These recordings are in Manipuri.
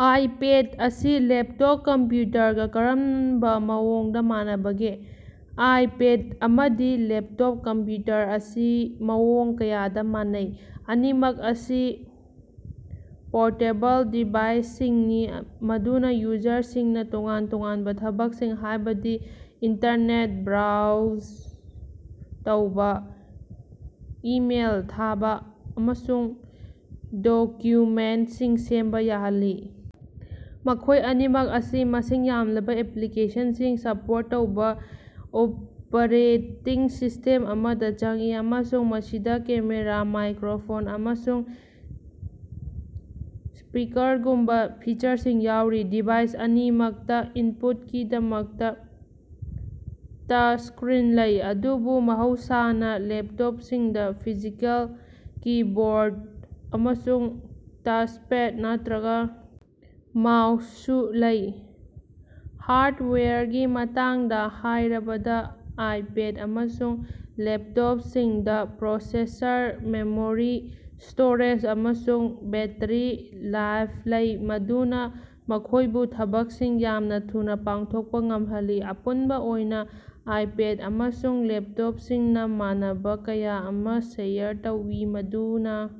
ꯑꯥꯏꯄꯦꯗ ꯑꯁꯤ ꯂꯦꯞꯇꯣꯞ ꯀꯝꯄ꯭ꯌꯨꯇꯔꯒ ꯀꯔꯝꯕ ꯃꯑꯣꯡꯗ ꯃꯥꯟꯅꯕꯒꯦ? ꯑꯥꯏꯄꯦꯗ ꯑꯃꯗꯤ ꯂꯦꯞꯇꯣꯞ ꯀꯝꯄ꯭ꯌꯨꯇꯔ ꯑꯁꯤ ꯃꯑꯣꯡ ꯀꯌꯥꯗ ꯃꯥꯟꯅꯩ꯫ ꯑꯅꯤꯃꯛ ꯑꯁꯤ ꯄꯣꯔꯇꯦꯕꯜ ꯗꯤꯚꯥꯏꯁꯁꯤꯡꯅꯤ ꯃꯗꯨꯅ ꯌꯨꯖꯔꯁꯤꯡꯅ ꯇꯣꯉꯥꯟ-ꯇꯣꯉꯥꯟꯕ ꯊꯕꯛꯁꯤꯡ, ꯍꯥꯏꯕꯗꯤ ꯏꯟꯇꯔꯅꯦꯠ ꯕ꯭ꯔꯥꯎꯖ ꯇꯧꯕ, ꯏꯃꯦꯏꯜ ꯊꯥꯕ, ꯑꯃꯁꯨꯡ ꯗꯣꯀ꯭ꯌꯨꯃꯦꯟꯠꯁꯤꯡ ꯁꯦꯝꯕ ꯌꯥꯍꯜꯂꯤ꯫ ꯃꯈꯣꯏ ꯑꯅꯤꯃꯛ ꯑꯁꯤ ꯃꯁꯤꯡ ꯌꯥꯝꯂꯕ ꯑꯦꯄ꯭ꯂꯤꯀꯦꯁꯟꯁꯤꯡ ꯁꯄꯣꯔꯠ ꯇꯧꯕ ꯑꯣꯄꯔꯦꯇꯤꯡ ꯁꯤꯁ꯭ꯇꯦꯝ ꯑꯃꯗ ꯆꯪꯏ, ꯑꯃꯁꯨꯡ ꯃꯁꯤꯗ ꯀꯦꯃꯦꯔꯥ, ꯃꯥꯏꯀ꯭ꯔꯣꯐꯣꯟ, ꯑꯃꯁꯨꯡ ꯁ꯭ꯄꯤꯀꯔꯒꯨꯝꯕ ꯐꯤꯆꯔꯁꯤꯡ ꯌꯥꯎꯔꯤ꯫ ꯗꯤꯚꯥꯏꯁ ꯑꯅꯤꯃꯛꯇ ꯏꯟꯄꯨꯠꯀꯤꯗꯃꯛꯇ ꯇꯆꯁꯀ꯭ꯔꯤꯟ ꯂꯩ, ꯑꯗꯨꯕꯨ ꯃꯍꯧꯁꯥꯅ ꯂꯦꯞꯇꯣꯞꯁꯤꯡꯗ ꯐꯤꯖꯤꯀꯦꯜ ꯀꯤꯕꯣꯔꯗ ꯑꯃꯁꯨꯡ ꯇꯆꯄꯦꯗ ꯅꯠꯇ꯭ꯔꯒ ꯃꯥꯎꯁꯁꯨ ꯂꯩ꯫ ꯍꯥꯔꯗꯋꯦꯌꯔꯒꯤ ꯃꯇꯥꯡꯗ ꯍꯥꯏꯔꯕꯗ, ꯑꯥꯏꯄꯦꯗ ꯑꯃꯁꯨꯡ ꯂꯦꯞꯇꯣꯞꯁꯤꯡꯗ ꯄ꯭ꯔꯣꯁꯦꯁꯔ, ꯃꯦꯃꯣꯔꯤ ꯁ꯭ꯇꯣꯔꯦꯖ, ꯑꯃꯁꯨꯡ ꯕꯦꯠꯇꯔꯤ ꯂꯥꯏꯐ ꯂꯩ ꯃꯗꯨꯅ ꯃꯈꯣꯏꯕꯨ ꯊꯕꯛꯁꯤꯡ ꯌꯥꯝꯅ ꯊꯨꯅ ꯄꯥꯡꯊꯣꯛꯄ ꯉꯝꯍꯜꯂꯤ꯫ ꯑꯄꯨꯟꯕ ꯑꯣꯏꯅ ꯑꯥꯏꯄꯦꯗ ꯑꯃꯁꯨꯡ ꯂꯦꯞꯇꯣꯞꯁꯤꯡꯅ ꯃꯥꯟꯅꯕ ꯀꯌꯥ ꯑꯃ ꯁꯦꯌꯔ ꯇꯧꯏ ꯃꯗꯨꯅ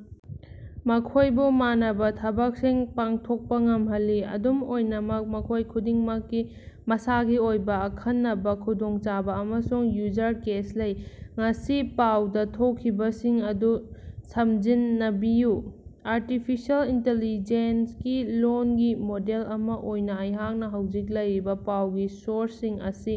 ꯃꯈꯣꯏꯕꯨ ꯃꯥꯟꯅꯕ ꯊꯕꯛꯁꯤꯡ ꯄꯥꯡꯊꯣꯛꯄ ꯉꯝꯍꯜꯂꯤ, ꯑꯗꯨꯝ ꯑꯣꯏꯅꯃꯛ ꯃꯈꯣꯏ ꯈꯨꯗꯤꯡꯃꯛꯀꯤ ꯃꯁꯥꯒꯤ ꯑꯣꯏꯕ ꯑꯈꯟꯅꯕ ꯈꯨꯗꯣꯡꯆꯥꯕ ꯑꯃꯁꯨꯡ ꯌꯨꯖꯔ ꯀꯦꯁ ꯂꯩ꯫ ꯉꯁꯤ ꯄꯥꯎꯗ ꯊꯣꯛꯈꯤꯕꯁꯤꯡ ꯑꯗꯨ ꯁꯝꯖꯤꯟꯅꯕꯤꯌꯨ꯫ ꯑꯥꯔꯇꯤꯐꯤꯁꯦꯜ ꯏꯟꯇꯤꯂꯤꯖꯦꯟꯠ ꯒꯤ ꯂꯣꯜꯒꯤ ꯃꯣꯗꯦꯜ ꯑꯃ ꯑꯣꯏꯅ ꯑꯩꯍꯥꯛꯅ ꯍꯧꯖꯤꯛ ꯂꯩꯔꯤꯕ ꯄꯥꯎꯒꯤ ꯁꯣꯔꯁꯁꯤꯡ ꯑꯁꯤ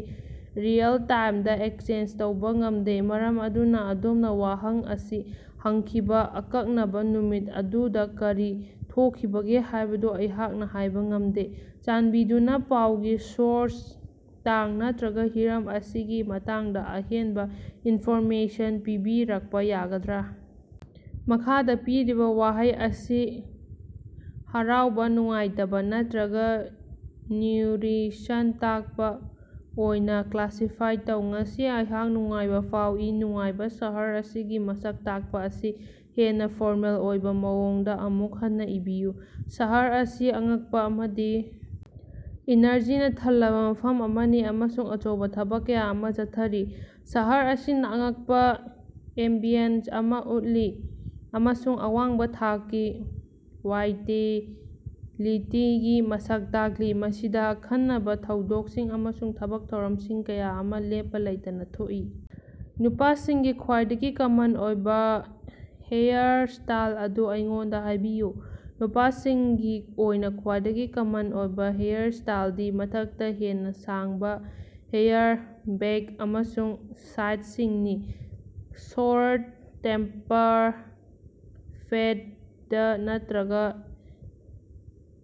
ꯔꯤꯑꯦꯜ-ꯇꯥꯏꯝꯗ ꯑꯦꯛꯁꯦꯁ ꯇꯧꯕ ꯉꯝꯗꯦ, ꯃꯔꯝ ꯑꯗꯨꯅ ꯑꯗꯣꯝꯅ ꯋꯥꯍꯪ ꯑꯁꯤ ꯍꯪꯈꯤꯕ ꯑꯀꯛꯅꯕ ꯅꯨꯃꯤꯠ ꯑꯗꯨꯗ ꯀꯔꯤ ꯊꯣꯛꯈꯤꯕꯒꯦ ꯍꯥꯏꯕꯗꯨ ꯑꯩꯍꯥꯛꯅ ꯍꯥꯏꯕ ꯉꯝꯗꯦ꯫ ꯆꯥꯟꯕꯤꯗꯨꯅ ꯄꯥꯎꯒꯤ ꯁꯣꯔꯁ, ꯇꯥꯡ ꯅꯠꯇ꯭ꯔꯒ ꯍꯤꯔꯝ ꯑꯁꯤꯒꯤ ꯃꯇꯥꯡꯗ ꯑꯍꯦꯟꯕ ꯏꯟꯐꯣꯔꯃꯦꯁꯟ ꯄꯤꯕꯤꯔꯛꯄ ꯌꯥꯒꯗ꯭ꯔꯥ? ꯃꯈꯥꯗ ꯄꯤꯔꯤꯕ ꯋꯥꯍꯩ ꯑꯁꯤ ꯍꯔꯥꯎꯕ, ꯅꯨꯡꯉꯥꯏꯇꯕ ꯅꯠꯇ꯭ꯔꯒ ꯅ꯭ꯌꯨꯠꯔꯤꯁꯟ ꯇꯥꯛꯄ ꯑꯣꯏꯅ ꯀ꯭ꯂꯥꯁꯤꯐꯥꯏ ꯇꯧ꯫ ꯉꯁꯤ ꯑꯩꯍꯥꯛ ꯅꯨꯡꯉꯥꯏꯕ ꯐꯥꯎꯏ꯫ ꯅꯨꯡꯉꯥꯏꯕ ꯁꯍꯔ ꯑꯁꯤꯒꯤ ꯃꯁꯛ ꯇꯥꯛꯄ ꯑꯁꯤ ꯍꯦꯟꯅ ꯐꯣꯔꯃꯦꯜ ꯑꯣꯏꯕ ꯃꯑꯣꯡꯗ ꯑꯃꯨꯛ ꯍꯟꯅ ꯏꯕꯤꯌꯨ꯫ ꯁꯍꯔ ꯑꯁꯤ ꯑꯉꯛꯄ ꯑꯃꯗꯤ ꯏꯅꯔꯖꯤꯅ ꯊꯜꯂꯕ ꯃꯐꯝ ꯑꯃꯅꯤ ꯑꯃꯁꯨꯡ ꯑꯆꯧꯕ ꯊꯕꯛ ꯀꯌꯥ ꯑꯃ ꯆꯠꯊꯔꯤ꯫ ꯁꯍꯔ ꯑꯁꯤꯅ ꯑꯉꯛꯄ ꯑꯦꯝꯕꯤꯌꯟꯁ ꯑꯃ ꯎꯠꯂꯤ ꯑꯃꯁꯨꯡ ꯑꯋꯥꯡꯕ ꯊꯥꯛꯀꯤ ꯋꯥꯏꯇꯦꯂꯤꯇꯤꯒꯤ ꯃꯁꯛ ꯇꯥꯛꯂꯤ, ꯃꯁꯤꯗ ꯑꯈꯟꯅꯕ ꯊꯧꯗꯣꯛꯁꯤꯡ ꯑꯃꯁꯨꯡ ꯊꯕꯛ ꯊꯧꯔꯝꯁꯤꯡ ꯀꯌꯥ ꯑꯃ ꯂꯦꯞꯄ ꯂꯩꯇꯅ ꯊꯣꯛꯏ꯫ ꯅꯨꯄꯥꯁꯤꯡꯒꯤ ꯈ꯭ꯋꯥꯏꯗꯒꯤ ꯀꯃꯟ ꯑꯣꯏꯕ ꯍꯦꯌꯔꯁ꯭ꯇꯥꯏꯜ ꯑꯗꯨ ꯑꯩꯉꯣꯟꯗ ꯍꯥꯏꯕꯤꯌꯨ꯫ ꯅꯨꯄꯥꯁꯤꯡꯒꯤ ꯑꯣꯏꯅ ꯈ꯭ꯋꯥꯏꯗꯒꯤ ꯀꯃꯟ ꯑꯣꯏꯕ ꯍꯦꯌꯔꯁ꯭ꯇꯥꯏꯜꯗꯤ ꯃꯊꯛꯇ ꯍꯦꯟꯅ ꯁꯥꯡꯕ ꯍꯦꯌꯔ ꯕꯦꯛ ꯑꯃꯁꯨꯡ ꯁꯥꯏꯗꯁꯤꯡꯅꯤ꯫ ꯁꯣꯔꯠ ꯇꯦꯄꯔ, ꯐꯦꯗ ꯅꯠꯇ꯭ꯔꯒ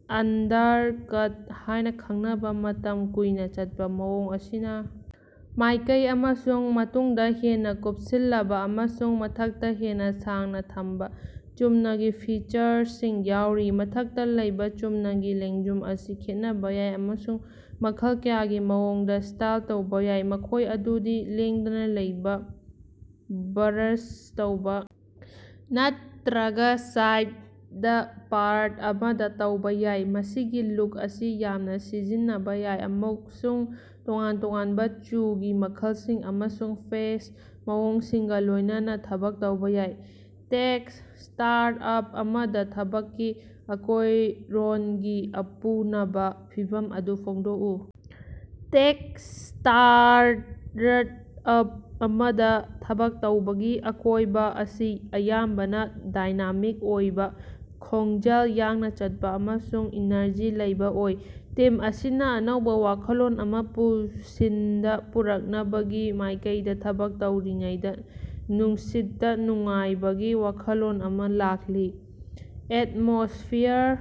ꯑꯟꯗꯔꯀꯠ ꯍꯥꯏꯅ ꯈꯪꯅꯕ ꯃꯇꯝ ꯀꯨꯏꯅ ꯆꯠꯄ ꯃꯑꯣꯡ ꯑꯁꯤꯅ ꯃꯥꯏꯀꯩ ꯑꯃꯁꯨꯡ ꯃꯇꯨꯡꯗ ꯍꯦꯟꯅ ꯀꯨꯞꯁꯤꯜꯂꯕ ꯑꯃꯁꯨꯡ ꯃꯊꯛꯇ ꯍꯦꯟꯅ ꯁꯥꯡꯅ ꯊꯝꯕ ꯆꯨꯝꯅꯒꯤ ꯐꯤꯆꯔꯁꯤꯡ ꯌꯥꯎꯔꯤ꯫ ꯃꯊꯛꯇ ꯂꯩꯕ ꯆꯨꯝꯅꯒꯤ ꯂꯦꯡꯖꯨꯝ ꯑꯁꯤ ꯈꯦꯠꯅꯕ ꯌꯥꯏ, ꯑꯃꯁꯨꯡ ꯃꯈꯜ ꯀꯌꯥꯒꯤ ꯃꯑꯣꯡꯗ ꯁ꯭ꯇꯥꯏꯜ ꯇꯧꯕ ꯌꯥꯏ, ꯃꯈꯣꯏ ꯑꯗꯨꯗꯤ ꯂꯦꯡꯗꯅ ꯂꯩꯕ, ꯕ꯭ꯔꯁ ꯇꯧꯕ ꯅꯠꯇ꯭ꯔꯒ ꯁꯥꯏꯗ ꯄꯥꯔꯠ ꯑꯃꯗ ꯇꯧꯕ ꯌꯥꯏ꯫ ꯃꯁꯤꯒꯤ ꯂꯨꯛ ꯑꯁꯤ ꯌꯥꯝꯅ ꯁꯤꯖꯤꯟꯅꯕ ꯌꯥꯏ ꯑꯃꯁꯨꯡ ꯇꯣꯉꯥꯟ ꯇꯣꯉꯥꯟꯕ ꯆꯨꯒꯤ ꯃꯈꯜꯁꯤꯡ ꯑꯃꯁꯨꯡ ꯐꯦꯁ ꯃꯑꯣꯡꯁꯤꯡꯒ ꯂꯣꯏꯅꯅ ꯊꯕꯛ ꯇꯧꯕ ꯌꯥꯏ꯫ ꯇꯦꯛ ꯁ꯭ꯇꯥꯔꯠꯑꯞ ꯑꯃꯗ ꯊꯕꯛꯀꯤ ꯑꯀꯣꯏꯔꯣꯟꯒꯤ ꯑꯄꯨꯅꯕ ꯐꯤꯚꯝ ꯑꯗꯨ ꯐꯣꯡꯗꯣꯛꯎ꯫ ꯇꯦꯛ ꯁ꯭ꯇꯥꯔꯠꯑꯞ ꯑꯃꯗ ꯊꯕꯛ ꯇꯧꯕꯒꯤ ꯑꯀꯣꯏꯕ ꯑꯁꯤ ꯑꯌꯥꯝꯕꯅ ꯗꯥꯏꯅꯥꯃꯤꯛ ꯑꯣꯏꯕ, ꯈꯣꯡꯖꯦꯜ ꯌꯥꯡꯅ ꯆꯠꯄ ꯑꯃꯁꯨꯡ ꯏꯅꯔꯖꯤ ꯂꯩꯕ ꯑꯣꯏ꯫ ꯇꯤꯝ ꯑꯁꯤꯅ ꯑꯅꯧꯕ ꯋꯥꯈꯜꯂꯣꯟ ꯑꯃ ꯄꯨꯟꯁꯤꯗ ꯄꯨꯔꯛꯅꯕꯒꯤ ꯃꯥꯏꯀꯩꯗ ꯊꯕꯛ ꯇꯧꯔꯤꯉꯩꯗ ꯅꯨꯡꯁꯤꯠꯇ ꯅꯨꯡꯉꯥꯏꯕꯒꯤ ꯋꯥꯈꯜꯂꯣꯟ ꯑꯃ ꯂꯥꯛꯂꯤ꯫ ꯑꯦꯠꯃꯣꯁꯐꯤꯌꯔ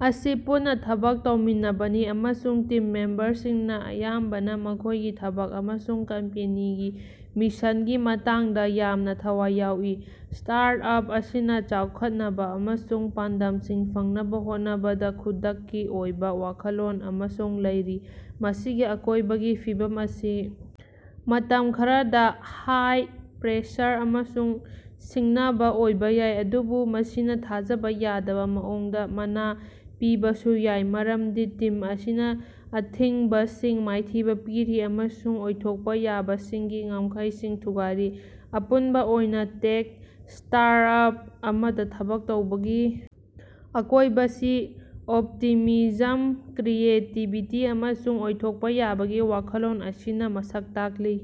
ꯑꯁꯤ ꯄꯨꯟꯅ ꯊꯕꯛ ꯇꯧꯃꯤꯟꯅꯕꯅꯤ ꯑꯃꯁꯨꯡ ꯇꯤꯝ ꯃꯦꯝꯕꯔꯁꯤꯡꯅ ꯑꯌꯥꯝꯕꯅ ꯃꯈꯣꯏꯒꯤ ꯊꯕꯛ ꯑꯃꯁꯨꯡ ꯀꯝꯄꯦꯅꯤꯒꯤ ꯃꯤꯁꯟꯒꯤ ꯃꯇꯥꯡꯗ ꯌꯥꯝꯅ ꯊꯋꯥꯏ ꯌꯥꯎꯏ꯫ ꯁ꯭ꯇꯥꯔꯠꯑꯞ ꯑꯁꯤꯅ ꯆꯥꯎꯈꯠꯅꯕ ꯑꯃꯁꯨꯡ ꯄꯥꯟꯗꯝꯁꯤꯡ ꯐꯪꯅꯕ ꯍꯣꯠꯅꯕꯗ ꯈꯨꯗꯛꯀꯤ ꯑꯣꯏꯕ ꯋꯥꯈꯜꯂꯣꯟ ꯑꯃꯁꯨ ꯂꯩꯔꯤ꯫ ꯃꯁꯤꯒꯤ ꯑꯀꯣꯏꯕꯒꯤ ꯐꯤꯕꯝ ꯑꯁꯤ ꯃꯇꯝ ꯈꯔꯗ ꯍꯥꯏ-ꯄ꯭ꯔꯦꯁꯔ ꯑꯃꯁꯨꯡ ꯁꯤꯡꯅꯕ ꯑꯣꯏꯕ ꯌꯥꯏ, ꯑꯗꯨꯕꯨ ꯃꯁꯤꯅ ꯊꯥꯖꯕ ꯌꯥꯗꯕ ꯃꯑꯣꯡꯗ ꯃꯅꯥ ꯄꯤꯕꯁꯨ ꯌꯥꯏ ꯃꯔꯝꯗꯤ ꯇꯤꯝ ꯑꯁꯤꯅ ꯑꯊꯤꯡꯕꯁꯤꯡ ꯃꯥꯏꯊꯤꯕ ꯄꯤꯔꯤ ꯑꯃꯁꯨꯡ ꯑꯣꯏꯊꯣꯛꯄ ꯌꯥꯕꯁꯤꯡꯒꯤ ꯉꯝꯈꯩꯁꯤꯡ ꯊꯨꯒꯥꯏꯔꯤ꯫ ꯑꯄꯨꯟꯕ ꯑꯣꯏꯅ ꯇꯦꯛ ꯁ꯭ꯇꯥꯔꯠꯑꯞ ꯑꯃꯗ ꯊꯕꯛ ꯇꯧꯕꯒꯤ ꯑꯀꯣꯏꯕꯁꯤ ꯑꯣꯞꯇꯤꯃꯤꯖꯝ, ꯀ꯭ꯔꯤꯌꯦꯇꯤꯕꯤꯇꯤ ꯑꯃꯁꯨꯡ ꯑꯣꯏꯊꯣꯛꯄ ꯌꯥꯕꯒꯤ ꯋꯥꯈꯜꯂꯣꯟ ꯑꯁꯤꯅ ꯃꯁꯛ ꯇꯥꯛꯂꯤ꯫